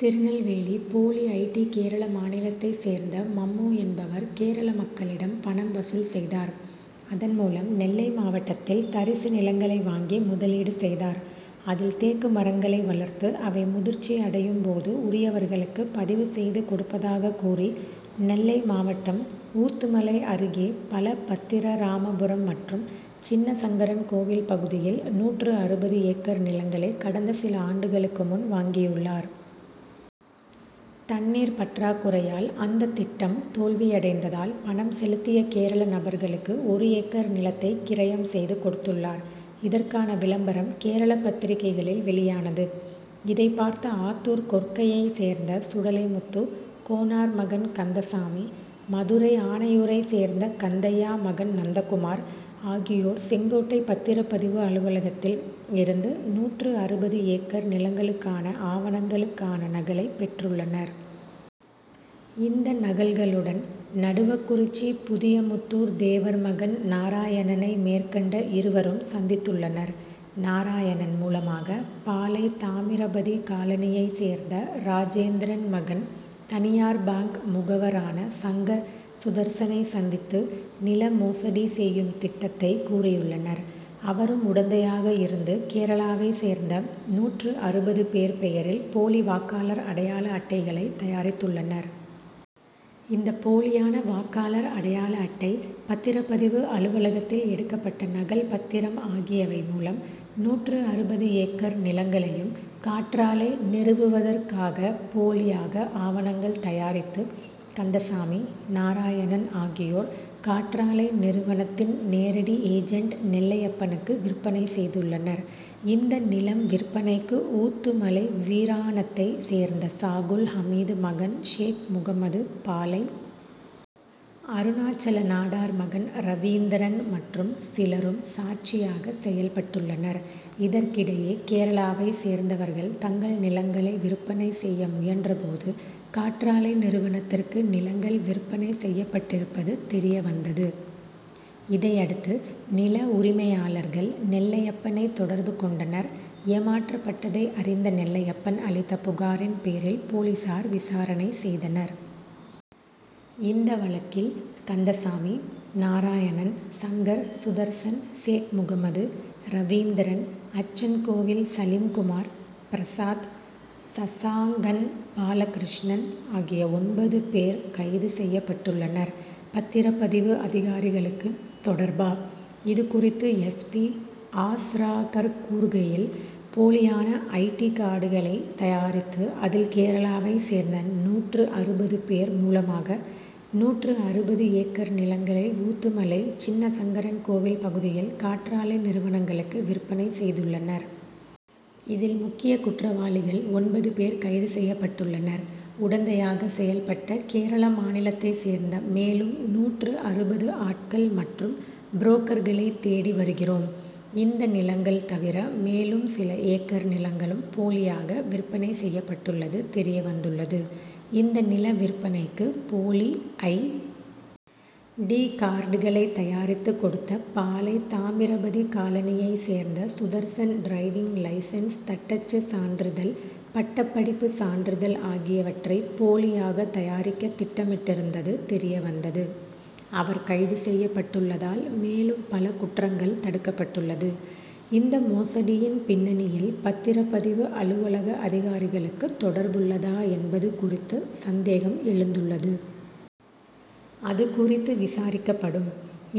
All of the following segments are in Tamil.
திருநெல்வேலி போலி ஐ. டி. கேரள மாநிலத்தை சேர்ந்த மம்மு என்பவர் கேரள மக்களிடம் பணம் வசூல் செய்தார். அதன் மூலம் நெல்லை மாவட்டத்தில் தரிசு நிலங்களை வாங்கி முதலீடு செய்தார். அதில் தேக்கு மரங்களை வளர்த்து அவை முதிர்ச்சி அடையும் போது உரியவர்களுக்கு பதிவு செய்து கொடுப்பதாக கூறி நெல்லை மாவட்டம் ஊத்துமலை அருகே பலபத்திரராமபுரம் மற்றும் சின்னசங்கரன்கோவில் பகுதியில் நூற்று அறுபது ஏக்கர் நிலங்களை கடந்த சில ஆண்டுகளுக்கு முன் வாங்கியுள்ளார். தண்ணீர் பற்றாக்குறையால் அந்த திட்டம் தோல்வியடைந்ததால் பணம் செலுத்திய கேரள நபர்களுக்கு ஒரு ஏக்கர் நிலத்தை கிரையம் செய்து கொடுத்துள்ளார். இதற்கான விளம்பரம் கேரள பத்திரிகைகளில் வெளியானது. இதைப்பார்த்த ஆத்தூர் கொற்கையை சேர்ந்த சுடலைமுத்து கோனார் மகன் கந்தசாமி, மதுரை ஆனையூரைச் சேர்ந்த கந்தையா மகன் நந்தகுமார் ஆகியோர் செங்கோட்டை பத்திரப்பதிவு அலுவலகத்தில் இருந்து நூற்று அறுபது ஏக்கர் நிலங்களுக்கான ஆவணங்களுக்கான நகலை பெற்றுள்ளனர். இந்த நகல்களுடன் நடுவக்குறிச்சி புதியமுத்தூர் தேவர் மகன் நாராயணனை மேற்கண்ட இருவரும் சந்தித்துள்ளனர். நாராயணன் மூலமாக பாளை. தாமிரபதி காலனியை சேர்ந்த ராஜேந்திரன் மகன் தனியார் பாங்க் முகவரான சங்கர் சுதர்ஸனை சந்தித்து, நில மோசடி செய்யும் திட்டத்தை கூறியுள்ளனர். அவரும் உடந்தையாக இருந்து கேரளாவை சேர்ந்த நூற்று அறுபது பேர் பெயரில் போலி வாக்காளர் அடையாள அட்டைகளை தயாரித்துள்ளனர். இந்த போலியான வாக்காளர் அடையாள அட்டை, பத்திரப்பதிவு அலுவலகத்தில் எடுக்கப்பட்ட நகல் பத்திரம் ஆகியவை மூலம் நூற்று அறுபது ஏக்கர் நிலங்களையும் காற்றாலை நிறுவுவதற்காக போலியாக ஆவணங்கள் தயாரித்து கந்தசாமி, நாராயணன் ஆகியோர் காற்றாலை நிறுவனத்தின் நேரடி ஏஜென்ட் நெல்லையப்பனுக்கு விற்பனை செய்துள்ளனர். இந்த நிலம் விற்பனைக்கு ஊத்துமலை வீராணத்தை சேர்ந்த சாகுல் ஹமீது மகன் ஷேக் முகம்மது, பாளை. அருணாசலநாடார் மகன் ரவீந்திரன் மற்றும் சிலரும் சாட்சியாக செயல்பட்டுள்ளனர். இதற்கிடையே கேரளாவை சேர்ந்தவர்கள் தங்கள் நிலங்களை விற்பனை செய்ய முயன்ற போது காற்றாலை நிறுவனத்திற்கு நிலங்கள் விற்பனை செய்யப்பட்டிருப்பது தெரியவந்தது. இதையடுத்து நில உரிமையாளர்கள் நெல்லையப்பனை தொடர்பு கொண்டனர். ஏமாற்றப்பட்டதை அறிந்த நெல்லையப்பன் அளித்த புகாரின் பேரில் போலீசார் விசாரணை செய்தனர். இந்த வழக்கில் கந்தசாமி, நாராயணன், சங்கர் சுதர்ஸன், சேக்முகம்மது, ரவீந்திரன், அச்சன்கோவில் சலீம்குமார், பிரசாத், சசாங்கன், பாலகிருஷ்ணன் ஆகிய ஒன்பது பேர் கைது செய்யப்பட்டுள்ளனர். பத்திரப்பதிவு அதிகாரிகளுக்கு தொடர்பா! இதுகுறித்து எஸ். பி. ஆஸ்ராகர்க் கூறுகையில், போலியான ஐ. டி. கார்டுகளை தயாரித்து அதில் கேரளாவை சேர்ந்த நூற்று அறுபது பேர் மூலமாக நூற்று அறுபது ஏக்கர் நிலங்களை ஊத்துமலை, சின்னசங்கரன்கோவில் பகுதியில் காற்றாலை நிறுவனங்களுக்கு விற்பனை செய்துள்ளனர். இதில் முக்கிய குற்றவாளிகள் ஒன்பது பேர் கைது செய்யப்பட்டுள்ளனர். உடந்தையாக செயல்பட்ட கேரள மாநிலத்தை சேர்ந்த மேலும் நூற்று அறுபது ஆட்கள் மற்றும் புரோக்கர்களை தேடி வருகிறோம். இந்த நிலங்கள் தவிர மேலும் சில ஏக்கர் நிலங்களும் போலியாக விற்பனை செய்யப்பட்டுள்ளது தெரியவந்துள்ளது. இந்த நில விற்பனைக்கு போலி ஐ. டி. கார்டுகளை தயாரித்து கொடுத்த பாளை. தாமிரபதி காலனியை சேர்ந்த சுதர்ஸன் டிரைவிங் லைசென்ஸ், தட்டச்சு சான்றிதழ், பட்டப்படிப்பு சான்றிதழ் ஆகியவற்றை போலியாக தயாரிக்க திட்டமிட்டிருந்தது தெரியவந்தது. அவர் கைது செய்யப்பட்டுள்ளதால் மேலும் பல குற்றங்கள் தடுக்கப்பட்டுள்ளது. இந்த மோசடியின் பின்னணியில் பத்திரப்பதிவு அலுவலக அதிகாரிகளுக்கு தொடர்புள்ளதா என்பது குறித்து சந்தேகம் எழுந்துள்ளது. அதுகுறித்து விசாரிக்கப்படும்.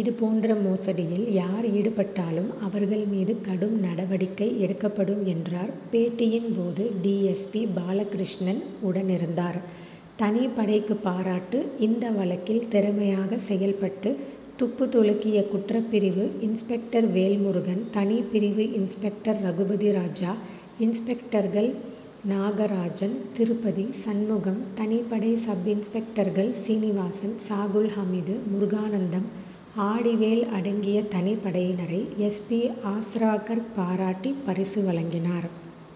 இதுபோன்ற மோசடியில் யார் ஈடுபட்டாலும் அவர்கள் மீது கடும் நடவடிக்கை எடுக்கப்படும் என்றார். பேட்டியின் போது டி. எஸ். பி. பாலகிருஷ்ணன் உடனிருந்தார். தனிப்படைக்கு பாராட்டு இந்த வழக்கில் திறமையாக செயல்பட்டு துப்புதுலக்கிய குற்றப்பிரிவு இன்ஸ்பெக்டர் வேல்முருகன், தனிப்பிரிவு இன்ஸ்பெக்டர் ரகுபதிராஜா, இன்ஸ்பெக்டர்கள் நாகராஜன், திருப்பதி, சண்முகம், தனிப்படை சப்-இன்ஸ்பெக்டர்கள் சீனிவாசன், சாகுல்ஹமீது, முருகானந்தம், ஆடிவேல் அடங்கிய தனிப்படையினரை எஸ். பி. ஆஸ்ராகர்க் பாராட்டி பரிசு வழங்கினார்.